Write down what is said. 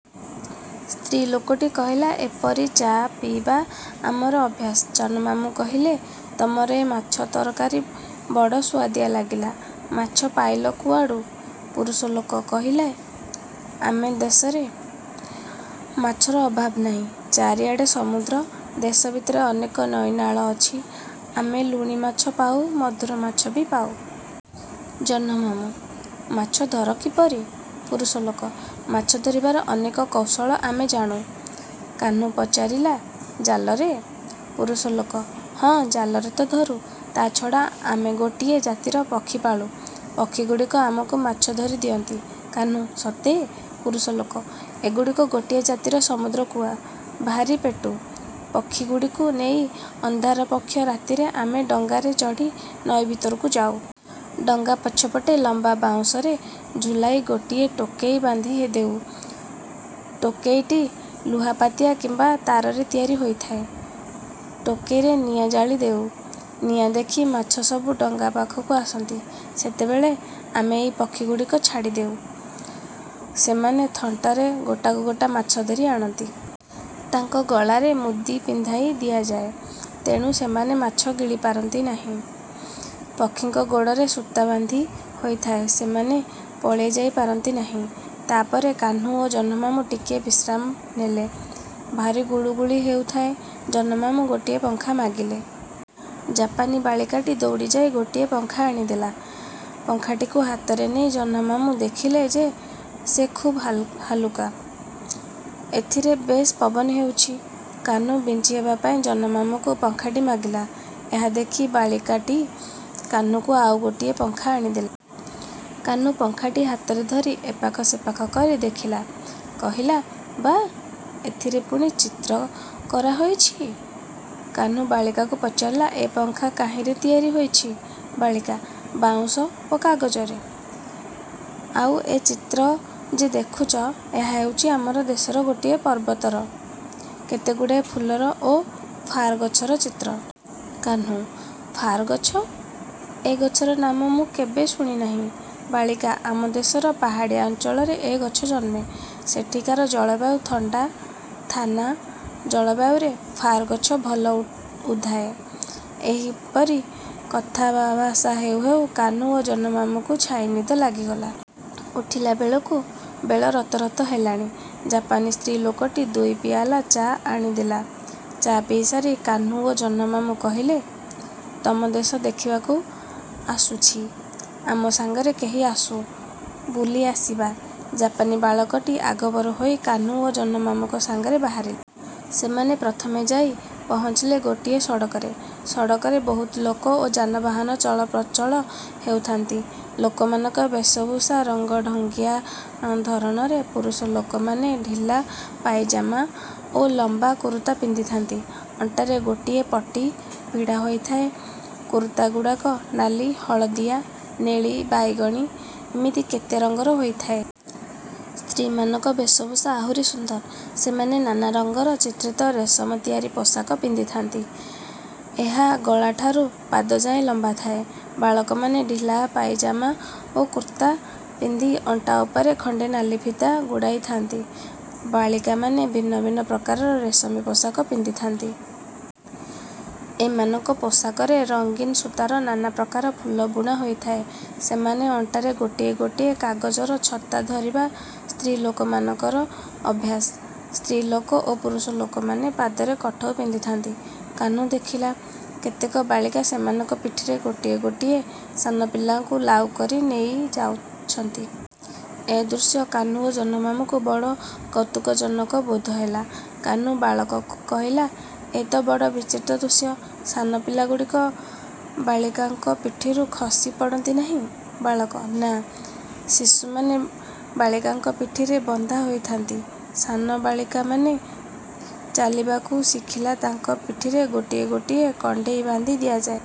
ସ୍ତ୍ରୀଲୋକଟି କହିଲେ–ଏପରି ଚା ପିଇବା ଆମର ଅଭ୍ୟାସ। ଜହ୍ନମାମୁଁ କହିଲେ–ତମର ଏ ମାଛ ତରକାରୀ ବଡ଼ ସୁଆଦ ଲାଗିଲା। ମାଛ ପାଇଲ କୁଆଡ଼ୁ? ପୁରୁଷ ଲୋକ କହିଲେ–ଆମ ଦେଶରେ ମାଛର ଅଭାବ ନାହିଁ। ଚାରିଆଡ଼େ ସମୁଦ୍ର। ଦେଶ ଭିତରେ ଅନେକ ନଈନାଳ ଅଛି। ଆମେ ଲୁଣି ମାଛ ପାଉ, ମଧୁର ମାଛ ବି ପାଉ। ଜହ୍ନମାମୁଁ–ମାଛ ଧର କିପରି? ପୁରୁଷଲୋକ–ମାଛ ଧରିବାର ଅନେକ। କୌଶଳ ଆମେ ଜାଣୁ। କାହ୍ନୁ ପଚାରିଲା–ଜାଲରେ? ପୁରୁଷଲୋକ–ହଁ ଜାଲରେ ତ ଧରୁ, ତା'ଛଡ଼ା ଆମେ ଗୋଟାଏ ଜାତିର ପକ୍ଷୀ ପାଳୁ। ପକ୍ଷୀଗୁଡ଼ିକ ଆମକୁ ମାଛ ଧରି ଦିଅନ୍ତି। କାହ୍ନୁ–ସତେ? ପୁରୁଷଲୋକ–ଏଗୁଡ଼ିକ ଗୋଟାଏ ଜାତିର ସମୁଦ୍ରକୁଆ–ଭାରି ପେଟୁ। ପକ୍ଷୀଗୁଡ଼ିକୁ ନେଇ ଅନ୍ଧାର ପକ୍ଷ ରାତିରେ ଆମ ଡଙ୍ଗାରେ ଚଢ଼ି ନଈ ଭିତରକୁ ଯାଉ। ଡଙ୍ଗା ପଛପଟେ ଲମ୍ବା ବାଉଁଶରେ ଝୁଲାଇ ଗୋଟାଏ ଟୋକେଇ ବାନ୍ଧି ଦେଉ। ଟୋକେଇଟି ଲୁହା ପାତିଆ କିମ୍ବା ତାରରେ ତିଆରି ହୋଇଥାଏ। ଟୋକେଇରେ ନିଆଁ ଜାଳି ଦେଉ। ନିଆଁ ଦେଖି ମାଛସବୁ ଡଙ୍ଗା ପାଖକୁ ଆସନ୍ତି। ସେତେବେଳେ ଆମେ ଏହି ପକ୍ଷୀଗୁଡ଼ିକ ଛାଡ଼ିଦଉ। ସେମାନେ ଥଣ୍ଟରେ ଗୋଟାକୁ ଗୋଟା ମାଛ ଧରି ଆଣନ୍ତି। ତାଙ୍କ ଗଳାରେ ମୁଦି ପିନ୍ଧାଇ ଦିଆଯାଏ। ତେଣୁ ସେମାନେ ମାଛ ଗିଳି ପାରନ୍ତି ନାହିଁ-। ପକ୍ଷୀଙ୍କ ଗୋଡ଼ରେ ସୂତା ବନ୍ଧା ହୋଇଥାଏ। ସେମାନେ ପଳାଇଯାଇପାରନ୍ତି ନାହିଁ। ତା' ପରେ କାହ୍ନୁ ଓ ଜହ୍ନମାମୁଁ ଟିକିଏ ବିଶ୍ରାମ ନେଲେ। ଭାରି ଗୁଳୁଗୁଳି ହେଉଥାଏ। ଜହ୍ନମାମୁଁ ଗୋଟିଏ ପଙ୍ଖା ମାଗିଲେ। ଜାପାନୀ ବାଳିକାଟି ଦୌଡ଼ିଯାଇ ଗୋଟିଏ ପଙ୍ଖା ଆଣି ଦେଲା। ପଙ୍ଖାଟିକୁ ହାତକୁ ନେଇ ଜହ୍ନମାମୁଁ ଦେଖିଲେ ଯେ ଏହା ଖୁବ୍ ହାଲୁକା। ଏଥିରେ ବେଶ୍ ପବନ ହେଉଛି। କାହ୍ନୁ ବିଞ୍ଚିହେବାପାଇଁ ଜହ୍ନମାମୁଁଙ୍କୁ ପଙ୍ଖାଟି ମାଗିଲା। ଏହା ଦେଖି ବାଳିକାଟି କାହ୍ନୁକୁ ଆଉ ଗୋଟିଏ ପଙ୍ଖା ଆଣିଦେଲା। କାହ୍ନୁ ପଙ୍ଖାଟି ହାତରେ ଧରି ଏପାଖ ସେପାଖ କରି ଦେଖିଲା। କହିଲା–ବାଃ, ଏଥିରେ ପୁଣି ଚିତ୍ର କରାହୋଇଛି! କାହ୍ନୁ ବାଳିକାକୁ ପଚାରିଲା–ଏ ପଙ୍ଖା କାହିଁରେ ତିଆରି ହୋଇଛି? ବାଳିକା–ବାଉଁଶ ଓ କାଗଜରେ। ଆଉ ଏ ଚିତ୍ର ଯେ ଦେଖୁଛ, ଏହା ହେଉଛି ଆମ ଦେଶର ଗୋଟିଏ ପର୍ବତର, କେତେଗୁଡ଼ିଏ ଫୁଲର ଓ ଫାର୍ ଗଛର ଚିତ୍ର। କାହ୍ନୁ–ଫାର୍ ଗଛ? ଏ ଗଛର ନାମ ମୁଁ କେବେ ଶୁଣି ନାହିଁ। ବାଳିକା–ଆମ ଦେଶର ପାହାଡ଼ିଆ ଅଞ୍ଚଳରେ ଏ ଗଛ ଜନ୍ମେ। ସେଠିକାର ଜଳବାୟୁ ଥଣ୍ଡା। ଥାନା ଜଳବାୟୁରେ ଫାର୍ ଗଛ ଭଲ ଉଧାଏ। ଏହିପରି କଥାଭାଷା ହେଉ ହେଉ କାହ୍ନୁ ଓ ଜହ୍ନମାମୁଁଙ୍କୁ ଛାଇନିଦ ଲାଗିଗଲା। ଉଠିଲାବେଳକୁ ବେଳ ରତରତ ହେଲାଣି। ଜାପାନୀ ସ୍ତ୍ରୀଲୋକଟି ଦୁଇ ପିଆଲା ଚା ଆଣିଦେଲା। ଚା ପିଇସାରି କାହ୍ନୁ ଓ ଜହ୍ନମାମୁଁ କହିଲେ–ତମ ଦେଶ ଦେଖିବାକୁ ଆସୁଛି; ଆମ ସାଙ୍ଗରେ କେହି ଆସୁ, ବୁଲି ଆସିବା। ଜାପାନୀ ବାଳକଟି ଆଗଭର ହୋଇ କାହ୍ନୁ ଓ ଜହ୍ନମାମୁଁଙ୍କ ସଙ୍ଗରେ ବାହାରିଲା। ସେମାନେ ପ୍ରଥମେ ଯାଇ ପହଁଚିଲେ ଗୋଟାଏ ସଡ଼କରେ। ସଡ଼କରେ ବହୁତ ଲୋକ ଓ ଯାନବାହାନ ଚଳପ୍ରଚଳ ହେଉଥାନ୍ତି। ଲୋକମାନଙ୍କ ବେଶଭୂଷା ରଙ୍ଗଢଙ୍ଗିଆ ଧରଣରେ। ପୁରୁଷଲୋକମାନେ ଢିଲା ପାଇଜାମା ଓ ଲମ୍ବ କୁରୁତା ପିନ୍ଧିଥାନ୍ତି। ଅଣ୍ଟାରେ ଗୋଟିଏ ପଟି ଭିଡ଼ା ହୋଇଥାଏ। କୁରୁତାଗୁଡ଼ିକ ନାଲି, ହଳଦିଆ, ନେଳି, ବାଇଗଣି–ଇମିତି କେତେ ରଙ୍ଗର ହୋଇଥାଏ। ସ୍ତ୍ରୀମାନଙ୍କ ବେଶଭୂଷା ଆହୁରି ସୁନ୍ଦର। ସେମାନେ ନାନା ରଙ୍ଗରେ ଚିତ୍ରିତ ରେଶମ ତିଆରି ପୋଷାକ ପିନ୍ଧିଥାନ୍ତି। ଏହା ଗଳାଠାରୁ ପାଦଯାଏଁ ଲମ୍ବିଥାଏ। ବାଳକମାନେ ଢିଲା ପାଇଜାମା ଓ କୁର୍ତ୍ତା ପିନ୍ଧି ଅଣ୍ଟା ଉପରେ ଖଣ୍ଡେ ନାଲି ଫିତା ଗୁଡ଼ାଇଥାନ୍ତି। ବାଳିକାମାନେ ଭିନ୍ନ ଭିନ୍ନ ପ୍ରକାରର ରେଶମୀ ପୋଷାକ ପିନ୍ଧିଥାନ୍ତି। ଏମାନଙ୍କ ପୋଷାକରେ ରଙ୍ଗିନ୍ ସୂତାର ନାନା ପ୍ରକାର ଫୁଲ ବୁଣା ହୋଇଥାଏ। ସେମାନେ ଅଣ୍ଟାରେ ଗୋଟିଏ ଗୋଟିଏ କାଗଜର ଛତା ଧରିବା ସ୍ତ୍ରୀଲୋକମାନଙ୍କର ଅଭ୍ୟାସ। ସ୍ତ୍ରୀଲୋକ ଓ ପୁରୁଷଲୋକମାନେ ପାଦରେ କଠଉ ପିନ୍ଧିଥାନ୍ତି। କାହ୍ନୁ ଦେଖିଲା, କେତେକ ବାଳିକା ସେମାନଙ୍କ ପିଠିରେ ଗୋଟିଏ ଗୋଟିଏ ସାନପିଲାଙ୍କୁ ଲାଉକରି ନେଇଯାଉଛନ୍ତି। ଏ ଦୃଶ୍ୟ କାହ୍ନୁ ଓ ଜହ୍ନମାମୁଁଙ୍କୁ ବଡ଼ କୌତୁକଜନକ ବୋଧ ହେଲା। କାହ୍ନୁ ବାଳକକୁ କହିଲା–ଏ ତ ବଡ଼ ବିଚିତ୍ର ଦୃଶ୍ୟ। ସାନ ପିଲାଗୁଡ଼ିକ ବାଳିକାଙ୍କ ପିଠିରୁ ଖସି ପଡ଼ନ୍ତି ନାହିଁ? ବାଳକ–ନାଁ, ଶିଶୁମାନେ ବାଳିକାଙ୍କ ପିଠିରେ ବନ୍ଧା ହୋଇଥାନ୍ତି। ସାନ ବାଳିକାମାନେ ଚାଲିବାକୁ ଶିଖିଲେ ତାଙ୍କ ପିଠିରେ ଗୋଟିଏ ଗୋଟିଏ କଣ୍ଢେଇ ବାନ୍ଧି ଦିଆଯାଏ।